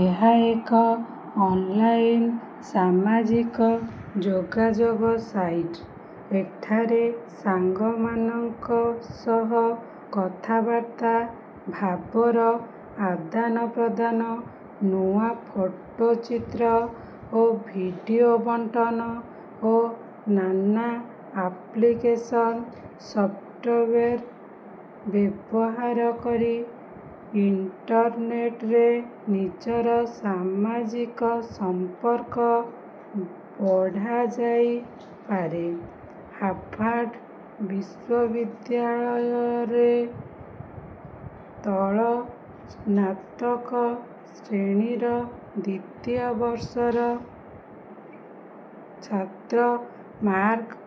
ଏହା ଏକ ଅନ୍‌ଲାଇନ୍ ସାମାଜିକ ଯୋଗାଯୋଗ ସାଇଟ୍। ଏଠାରେ ସାଙ୍ଗମାନଙ୍କ ସହ କଥାବାର୍ତ୍ତା, ଭାବର ଆଦାନପ୍ରଦାନ, ନୂଆ ଫଟୋଚିତ୍ର ଓ ଭିଡିଓ ବଣ୍ଟନ ଓ ନାନା ଆପ୍ଲିକେସନ୍ ସଫ୍ଟୱେର୍ ବ୍ୟବହାର କରି ଇଣ୍ଟରନେଟ୍‌ରେ ନିଜର ସାମାଜିକ ସମ୍ପର୍କ ବଢ଼ାଯାଇପାରେ। ହାର୍ଭାର୍ଡ ବିଶ୍ୱବିଦ୍ୟାଳୟରେ ତଳ-ସ୍ନାତକ ଶ୍ରେଣୀର ଦ୍ୱିତୀୟ ବର୍ଷର ଛାତ୍ର ମାର୍କ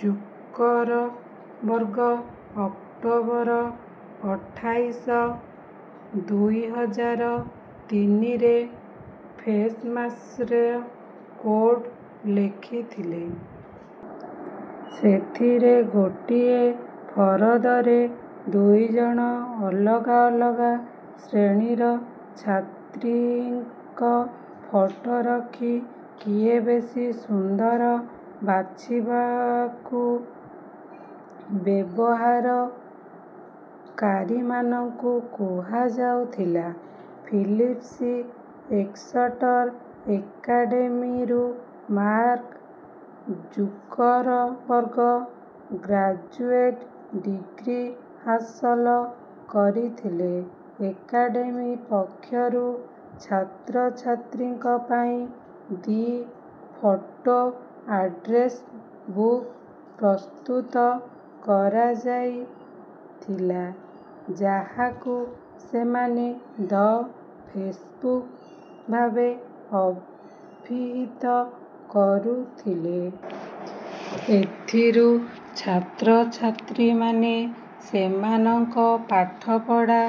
ଜୁକରବର୍ଗ ଅକ୍ଟୋବର ଅଠାଇଶ, ଦୁଇ ହଜାର ତିନିରେ ଫେସ୍‌ମାସ୍‌ର କୋଡ୍ ଲେଖିଥିଲେ। ସେଥିରେ ଗୋଟିଏ ଫରଦରେ ଦୁଇଜଣ ଅଲଗା ଅଲଗା ଶ୍ରେଣୀର ଛାତ୍ରୀଙ୍କ ଫଟୋ ରଖି କିଏ ବେଶି ସୁନ୍ଦର ବାଛିବାକୁ ବ୍ୟବହାରକାରୀମାନଙ୍କୁ କୁହାଯାଉଥିଲା। ଫିଲିପ୍ସ ଏକ୍ସଟର ଏକାଡେମୀରୁ ମାର୍କ ଜୁକରବର୍ଗ ଗ୍ରାଜୁଏଟ୍ ଡିଗ୍ରୀ ହାସଲ କରିଥିଲେ। ଏକାଡେମୀ ପକ୍ଷରୁ ଛାତ୍ରଛାତ୍ରୀଙ୍କ ପାଇଁ "ଦି ଫୋଟୋ ଆଡ୍ରେସ୍ ବୁକ୍" ପ୍ରସ୍ତୁତ କରାଯାଇଥିଲା, ଯାହାକୁ ସେମାନେ 'ଦ ଫେସ୍‌ବୁକ୍' ଭାବେ ଅଭିହିତ କରୁଥିଲେ। ଏଥିରୁ ଛାତ୍ରଛାତ୍ରୀମାନେ ସେମାନଙ୍କ ପାଠପଢ଼ା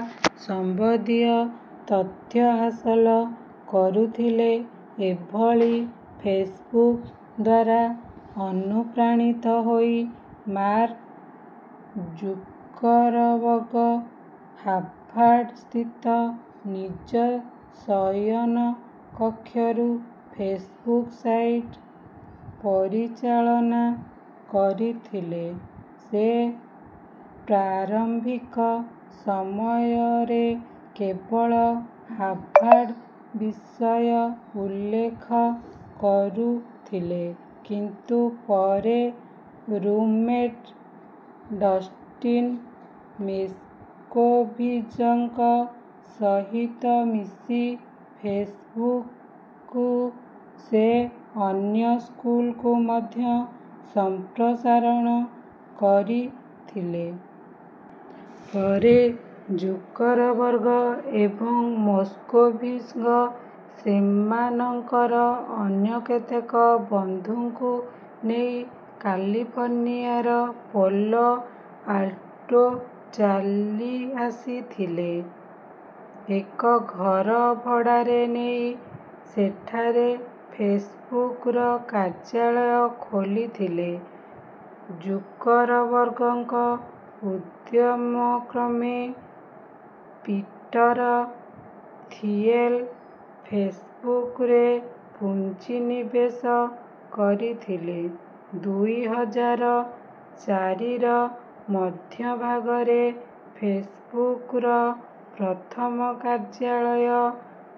ସମ୍ବନ୍ଧୀୟ ତଥ୍ୟ ହାସଲ କରୁଥିଲେ। ଏଭଳି ଫେସ୍‌ବୁକ୍ ଦ୍ୱାରା ଅନୁପ୍ରାଣିତ ହୋଇ ମାର୍କ ଜୁକରବର୍ଗ ହାର୍ଭାର୍ଡ ସ୍ଥିତ ନିଜ ଶୟନ କକ୍ଷରୁ ଫେସ୍‌ବୁକ୍ ସାଇଟ୍ ପରିଚାଳନା କରିଥିଲେ। ସେ ପ୍ରାରମ୍ଭିକ ସମୟରେ କେବଳ ହାର୍ଭାର୍ଡ ବିଷୟ ଉଲ୍ଲେଖ କରୁଥିଲେ। କିନ୍ତୁ ପରେ ରୁମ୍‌ମେଟ୍ ଡଷ୍ଟିନ୍ ମୋସ୍କୋଭିଜ୍‌ଙ୍କ ସହିତ ମିଶି ଫେସ୍‌ବୁକ୍‌କୁ ସେ ଅନ୍ୟ ସ୍କୁଲ୍‌କୁ ମଧ୍ୟ ସମ୍ପ୍ରସାରଣ କରିଥିଲେ। ପରେ ଜୁକରବର୍ଗ ଏବଂ ମୋସ୍କୋଭିଜ୍ ସେମାନଙ୍କର ଅନ୍ୟ କେତେକ ବନ୍ଧୁଙ୍କୁ ନେଇ କାଲିଫର୍ଣ୍ଣିଆର ପାଲୋ ଆଲ୍ଟୋ ଚାଲିଆସିଥିଲେ। ଏକ ଘର ଭଡ଼ାରେ ନେଇ ସେଠାରେ ଫେସ୍‌ବୁକ୍‌ର କାର୍ଯ୍ୟାଳୟ ଖୋଲିଥିଲେ। ଜୁକରବର୍ଗଙ୍କ ଉଦ୍ୟମ କ୍ରମେ ପିଟର ଥିଏଲ୍ ଫେସ୍‌ବୁକ୍‌ରେ ପୁଞ୍ଜି ନିବେଶ କରିଥିଲେ। ଦୁଇ ହଜାର ଚାରିର ମଧ୍ୟଭାଗରେ ଫେସ୍‌ବୁକ୍‌ର ପ୍ରଥମ କାର୍ଯ୍ୟାଳୟ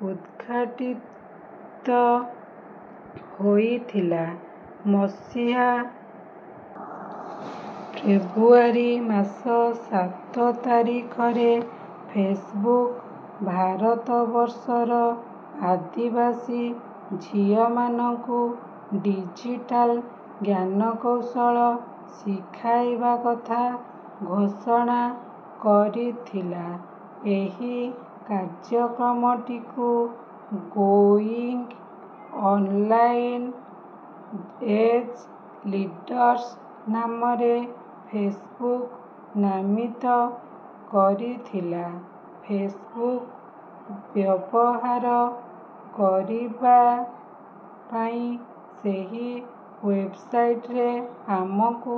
ଉଦ୍‌ଘାଟିତ ହୋଇଥିଲା। ମସିହା ଫେବ୍ରୁଆରୀ ମାସ ସାତ ତାରିଖରେ ଫେସ୍‌ବୁକ୍, ଭାରତବର୍ଷର ଆଦିବାସୀ ଝିଅମାନଙ୍କୁ ଡିଜିଟାଲ୍ ଜ୍ଞାନକୌଶଳ ଶିଖାଇବା କଥା ଘୋଷଣା କରିଥିଲା। ଏହି କାର୍ଯ୍ୟକ୍ରମଟିକୁ "ଗୋଇଙ୍ଗ୍ ଅନ୍‌ଲାଇନ୍ ଏଜ୍ ଲିଡର୍ସ" ନାମରେ ଫେସ୍‌ବୁକ୍ ନାମିତ କରିଥିଲା। ଫେସ୍‌ବୁକ୍ ବ୍ୟବହାର କରିବା ପାଇଁ ସେହି ୱେବ୍‌ସାଇଟ୍‌ରେ ଆମକୁ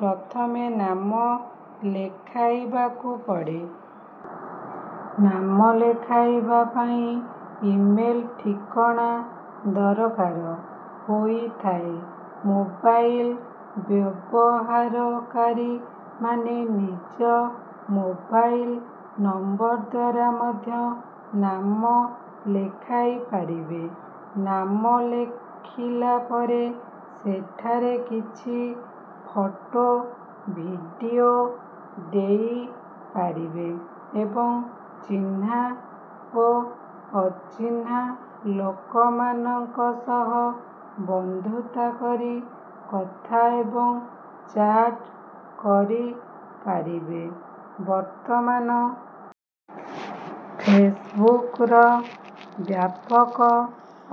ପ୍ରଥମେ ନାମ ଲେଖାଇବାକୁ ପଡ଼େ। ନାମ ଲେଖାଇବା ପାଇଁ ଇମେଲ୍ ଠିକଣା ଦରକାର ହୋଇଥାଏ। ମୋବାଇଲ୍ ବ୍ୟବହାରକାରୀମାନେ ନିଜ ମୋବାଇଲ୍ ନମ୍ବର ଦ୍ୱାରା ମଧ୍ୟ ନାମ ଲେଖାଇ ପାରିବେ। ନାମ ଲେଖିଲା ପରେ ସେଠାରେ କିଛି ଫଟୋ, ଭିଡିଓ ଦେଇପାରିବେ ଏବଂ ଚିହ୍ନା ଓ ଅଚିହ୍ନା ଲୋକମାନଙ୍କ ସହ ବନ୍ଧୁତା କରି କଥା ଏବଂ ଚାଟ୍ କରିପାରିବେ। ବର୍ତ୍ତମାନ ଫେସ୍‌ବୁକ୍‌ର ବ୍ୟାପକ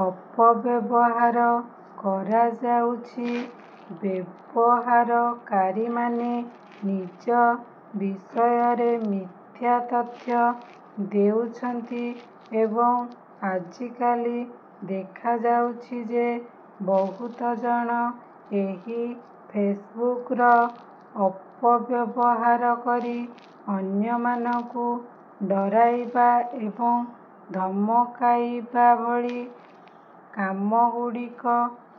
ଅପବ୍ୟବହାର କରାଯାଉଛି। ବ୍ୟବହାରକାରୀମାନେ ନିଜ ବିଷୟରେ ମିଥ୍ୟା ତଥ୍ୟ ଦେଉଛନ୍ତି। ଏବଂ ଆଜିକାଲି ଦେଖାଯାଉଛି ଯେ, ବହୁତ ଜଣ ଏହି ଫେସ୍‌ବୁକ୍‌ର ଅପବ୍ୟବହାର କରି ଅନ୍ୟମାନଙ୍କୁ ଡରାଇବା ଏବଂ ଧମକାଇବା ଭଳି କାମଗୁଡ଼ିକ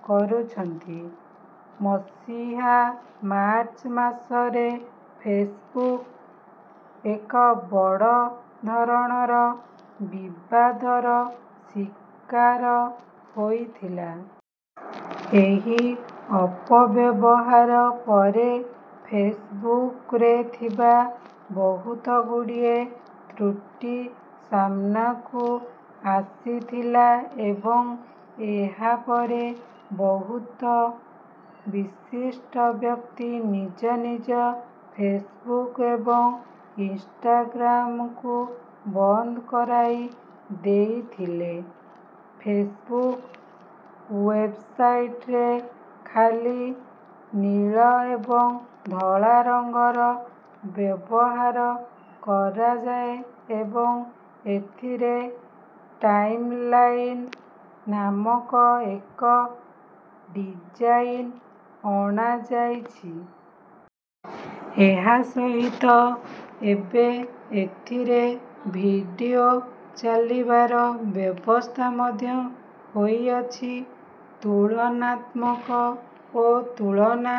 କରୁଛନ୍ତି। ମସିହା ମାର୍ଚ୍ଚ ମାସରେ ଫେସ୍‌ବୁକ୍ ଏକ ବଡ଼ ଧରଣର ବିବାଦର ଶିକାର ହୋଇଥିଲା। ଏହି ଅପବ୍ୟବହାର ପରେ ଫେସ୍‌ବୁକ୍‌ରେ ଥିବା ବହୁତଗୁଡ଼ିଏ ତ୍ରୁଟି ସାମ୍ନାକୁ ଆସିଥିଲା। ଏବଂ ଏହାପରେ ବହୁତ ବିଶିଷ୍ଟ ବ୍ୟକ୍ତି ନିଜ ନିଜ ଫେସ୍‌ବୁକ୍ ଏବଂ ଇନ୍‌ଷ୍ଟାଗ୍ରାମ୍‌କୁ ବନ୍ଦ କରାଇ ଦେଇଥିଲେ। ଫେସ୍‌ବୁକ୍ ୱେବ୍‌ସାଇଟ୍‌ରେ ଖାଲି ନୀଳ ଏବଂ ଧଳା ରଙ୍ଗର ବ୍ୟବହାର କରାଯାଏ। ଏବେ ଏଥିରେ 'ଟାଇମ୍‌ଲାଇନ୍' ନାମକ ଏକ ଡିଜାଇନ୍ ଅଣାଯାଇଛି। ଏହା ସହିତ ଏବେ ଏଥିରେ ଭିଡିଓ ଚାଲିବାର ବ୍ୟବସ୍ଥା ମଧ୍ୟ ହୋଇଅଛି। ତୁଳନାତ୍ମକ ଓ ତୁଳନା।